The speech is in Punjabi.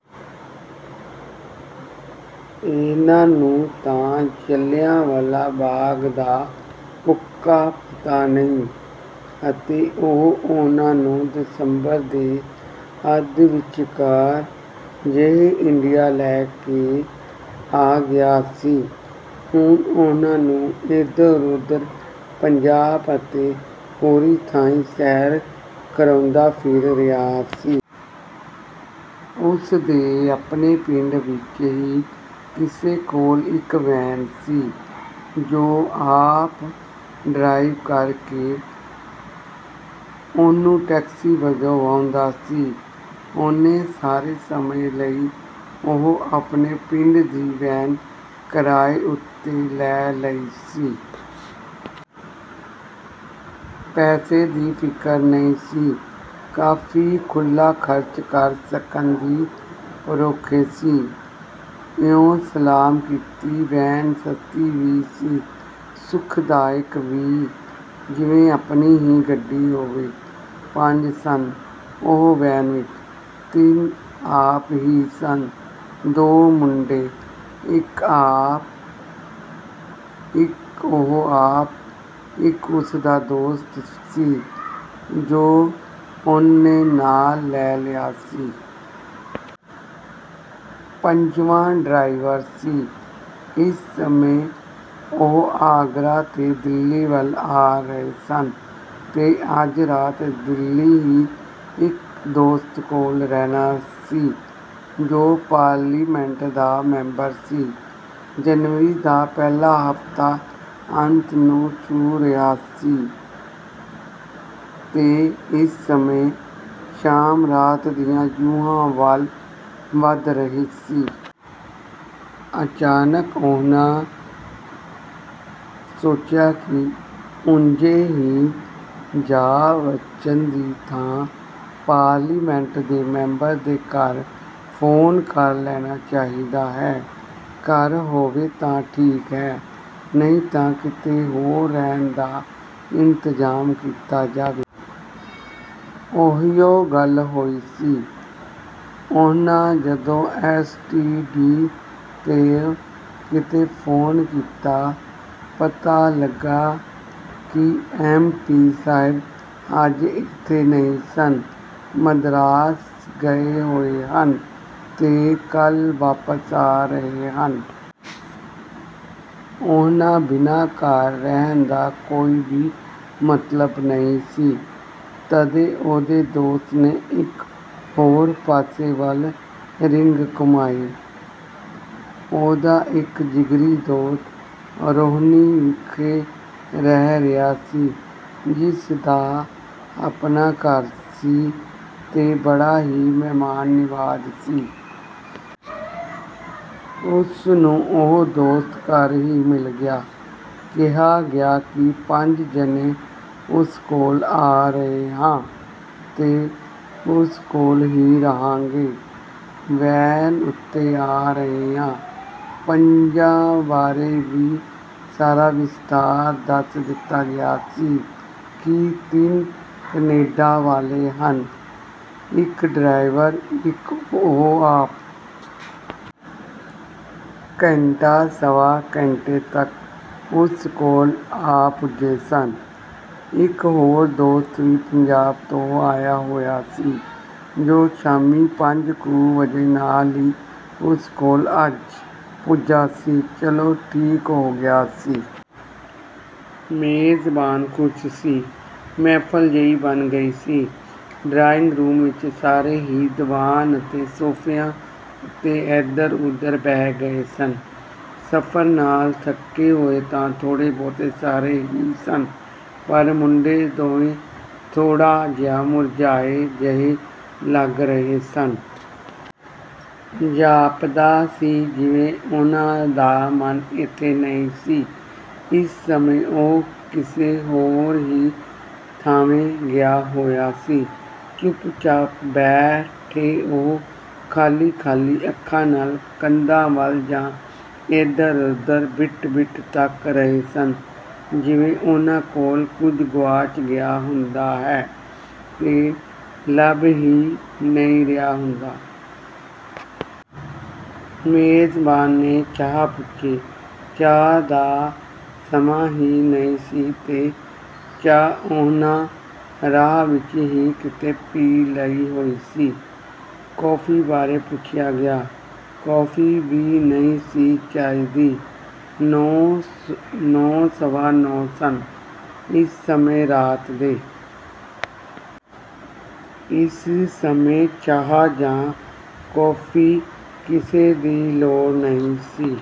ਇਹਨਾਂ ਨੂੰ ਤਾਂ ਜਲ੍ਹਿਆਂਵਾਲਾ ਬਾਗ ਦਾ ਉਕਾ ਹੀ ਪਤਾ ਨਹੀਂ। ਅਤੇ ਉਹ ਉਹਨਾਂ ਨੂੰ ਦਸੰਬਰ ਦੇ ਅੱਧ ਵਿਚਕਾਰ ਜਿਹੇ ਇੰਡੀਆ ਲੈ ਕੇ ਆ ਗਿਆ ਸੀ। ਹੁਣ ਉਹਨਾਂ ਨੂੰ ਏਧਰ-ਉਧਰ ਪੰਜਾਬ ਅਤੇ ਹੋਰੀ ਥਾਂਈਂ ਸੈਰ ਕਰਾਉਂਦਾ ਫਿਰ ਰਿਹਾ ਸੀ। ਉਸ ਦੇ ਆਪਣੇ ਪਿੰਡ ਵਿਚ ਹੀ ਕਿਸੇ ਕੋਲ ਇਕ ਵੈਨ ਸੀ ਜੋ ਆਪ ਡਰਾਈਵ ਕਰ ਕੇ ਉਹਨੂੰ ਟੈਕਸੀ ਵਜੋਂ ਵਾਹੁੰਦਾ ਸੀ। ਉਹਨੇ, ਸਾਰੇ ਸਮੇਂ ਲਈ ਉਹ ਆਪਣੇ ਪਿੰਡ ਦੀ ਵੈਨ ਕਿਰਾਏ ਉਤੇ ਲੈ ਲਈ ਸੀ। ਪੈਸੇ ਦੀ ਫਿਕਰ ਨਹੀਂ ਸੀ। ਕਾਫੀ ਖੁੱਲ੍ਹਾ ਖਰਚ ਕਰ ਸਕਣ ਦੀ ਪਰੋਖੋਂ ਸੀ। ਇਉਂ ਸਾਲਮ ਕੀਤੀ ਵੈਨ ਸਸਤੀ ਵੀ ਸੀ, ਸੁਖਦਾਇਕ ਵੀ, ਜਿਵੇਂ ਆਪਣੀ ਹੀ ਗੱਡੀ ਹੋਵੇ। ਪੰਜ ਸਨ ਉਹ ਵੈਨ ਵਿਚ। ਤਿੰਨ ਆਪ ਹੀ ਸਨ-ਦੋ ਮੁੰਡੇ ਇਕ ਉਹ ਆਪ-ਇਕ ਉਸ ਦਾ ਦੋਸਤ ਸੀ ਜੋ ਉਹਨੈ ਨਾਲ ਲੈ ਲਿਆ ਸੀ। ਪੰਜਵਾਂ ਡਰਾਈਵਰ ਸੀ। ਇਸ ਸਮੇਂ ਉਹ ਆਗਰਾ ਤੋਂ ਦਿੱਲੀ ਵੱਲ ਆ ਰਹੇ ਸਨ ਤੇ ਅੱਜ ਰਾਤ ਦਿੱਲੀ ਹੀ ਇਕ ਦੋਸਤ ਕੋਲ ਰਹਿਣਾ ਸੀ ਜੋ ਪਾਰਲੀਮੈਂਟ ਦਾ ਮੈਂਬਰ ਸੀ। ਜਨਵਰੀ ਦਾ ਪਹਿਲਾ ਹਫਤਾ ਅੰਤ ਨੂੰ ਛੂਹ ਰਿਹਾ ਸੀ ਤੇ ਇਸ ਸਮੇਂ ਸ਼ਾਮ ਰਾਤ ਦੀਆਂ ਜੂਹਾਂ ਵੱਲ ਵੱਧ ਰਹੀ ਸੀ। ਅਚਾਨਕ ਉਹਨਾਂ ਸੋਚਿਆ ਕਿ ਉਂਜੇ ਹੀ ਜਾ ਵੱਜਣ ਦੀ ਥਾਂ ਪਾਰਲੀਮੈਂਟ ਦੇ ਮੈਂਬਰ ਦੇ ਘਰ ਫੋਨ ਕਰ ਲੈਣਾ ਚਾਹੀਦਾ ਹੈ। ਘਰ ਹੋਵੇ ਤਾਂ ਠੀਕ ਹੈ, ਨਹੀਂ ਤਾਂ ਕਿਤੇ ਹੋਰ ਰਹਿਣ ਦਾ ਇੰਤਜ਼ਾਮ ਕੀਤਾ ਜਾਵੇ। ਉਹੀਓ ਗੱਲ ਹੋਈ ਸੀ। ਉਹਨਾਂ ਜਦੋਂ ਐਸ. ਟੀ. ਡੀ. ਤੋਂ ਕਿਤੋਂ ਫੋਨ ਕੀਤਾ ਪਤਾ ਲੱਗਾ ਕਿ ਐਮ. ਪੀ. ਸਾਹਿਬ ਅੱਜ ਏਥੇ ਨਹੀਂ ਹਨ, ਮਦਰਾਸ ਗਏ ਹੋਏ ਹਨ ਤੇ ਕੱਲ੍ਹ ਵਾਪਸ ਆ ਰਹੇ ਹਨ। ਉਹਨਾਂ ਬਿਨਾਂ ਘਰ ਰਹਿਣ ਦਾ ਕੋਈ ਵੀ ਮਤਲਬ ਨਹੀਂ ਸੀ। ਤਦੇ ਉਹਦੇ ਦੋਸਤ ਨੇ ਇਕ ਹੋਰ ਪਾਸੇ ਵੱਲ ਰਿੰਗ ਘੁਮਾਈ। ਉਹਦਾ ਇਕ ਜਿਗਰੀ ਦੋਸਤ ਰੋਹਿਨੀ ਵਿਖੇ ਰਹਿ ਰਿਹਾ ਸੀ। ਜਿਸ ਦਾ ਆਪਣਾ ਘਰ ਸੀ ਤੇ ਬੜਾ ਹੀ ਮਹਿਮਾਨ ਨਿਵਾਜ਼ ਸੀ। ਉਸ ਨੂੰ ਉਹ ਦੋਸਤ ਘਰ ਹੀ ਮਿਲ ਗਿਆ। ਕਿਹਾ ਗਿਆ ਕਿ ਪੰਜ ਜਣੇ ਉਸ ਕੋਲ ਆ ਰਹੇ ਹਾਂ ਤੇ ਉਸ ਕੋਲ ਹੀ ਰਹਾਂਗੇ। ਵੈਨ ਉਤੇ ਆ ਰਹੇ ਹਾਂ। ਪੰਜਾਂ ਬਾਰੇ ਵੀ ਸਾਰਾ ਵਿਸਤਾਰ ਦੱਸ ਦਿੱਤਾ ਗਿਆ ਸੀ ਕਿ ਤਿੰਨ ਕੈਨੇਡਾ ਵਾਲੇ ਹਨ, ਇਕ ਡਰਾਈਵਰ, ਇਕ ਉਹ ਆਪ। ਘੰਟੇ-ਸਵਾ ਘੰਟੇ ਤੱਕ ਉਹ ਉਸ ਕੋਲ ਆ ਪੁੱਜੇ ਸਨ। ਇਕ ਹੋਰ ਦੋਸਤ ਵੀ ਪੰਜਾਬ ਤੋਂ ਆਇਆ ਹੋਇਆ ਸੀ ਜੋ ਸ਼ਾਮੀ ਪੰਜ ਕੁ ਵਜੇ ਨਾਲ ਹੀ ਉਸ ਕੋਲ ਅੱਜ ਪੁੱਜਾ ਸੀ। ਚਲੋ, ਠੀਕ ਹੋ ਗਿਆ ਸੀ। ਮੇਜ਼ਬਾਨ ਖੁਸ਼ ਸੀ। ਮਹਿਫਲ ਜਿਹੀ ਬਣ ਗਈ ਸੀ। ਡਰਾਇੰਗ ਰੂਮ ਵਿਚ ਸਾਰੇ ਹੀ ਦੀਵਾਨ ਅਤੇ ਸੋਫ਼ਿਆਂ ਉਤੇ ਏਧਰ ਉਧਰ ਬਹਿ ਗਏ ਸਨ। ਸਫਰ ਨਾਲ ਥੱਕੇ ਹੋਏ ਤਾਂ ਥੋੜ੍ਹਾ ਬਹੁਤ ਸਾਰੇ ਹੀ ਸਨ ਪਰ ਮੁੰਡੇ ਦੋਵੇਂ ਥੋੜ੍ਹਾ ਜਿਹਾ ਮੁਰਝਾਏ ਜਿਹੇ ਲੱਗ ਰਹੇ ਸਨ। ਜਾਪਦਾ ਸੀ ਜਿਵੇਂ ਉਹਨਾਂ ਦਾ ਮਨ ਏਥੇ ਨਹੀਂ ਸੀ, ਇਸ ਸਮੇਂ ਉਹ ਕਿਸੇ ਹੋਰ ਹੀ ਥਾਂਵੇਂ ਗਿਆ ਹੋਇਆ ਸੀ। ਚੁੱਪ ਚਾਪ ਬੈਠੇ ਉਹ ਖਾਲੀ-ਖਾਲੀ ਅੱਖਾਂ ਨਾਲ ਕੰਧਾਂ ਵਲ ਜਾਂ ਏਧਰ ਉਧਰ ਬਿੱਟ ਬਿੱਟ ਤੱਕ ਰਹੇ ਸਨ ਜਿਵੇਂ ਉਹਨਾਂ ਕੋਲੋਂ ਕੁਝ ਗੁਆਚ ਗਿਆ ਹੁੰਦਾ ਹੈ ਤੇ ਲੱਭ ਹੀ ਨਹੀਂ ਰਿਹਾ ਹੁੰਦਾ। ਮੇਜ਼ਬਾਨ ਨੇ ਚਾਹ ਪੁੱਛੀ। ਚਾਹ ਦਾ ਸਮਾਂ ਹੀ ਨਹੀਂ ਸੀ ਤੇ ਚਾਹ ਉਹਨਾਂ ਰਾਹ ਵਿਚ ਹੀ ਕਿਤੇ ਪੀ ਲਈ ਹੋਈ ਸੀ। ਕੋਫ਼ੀ ਬਾਰੇ ਪੁੱਛਿਆ ਗਿਆ। ਕੋਫ਼ੀ ਵੀ ਨਹੀਂ ਸੀ ਚਾਹੀਦੀ। ਨੌ-ਸਵਾ ਨੌ ਸਨ ਇਸ ਸਮੇਂ ਰਾਤ ਦੇ। ਇਸ ਸਮੇਂ ਚਾਹ ਜਾਂ ਕੌਫ਼ੀ ਕਿਸੇ ਦੀ ਲੋੜ ਨਹੀਂ ਸੀ।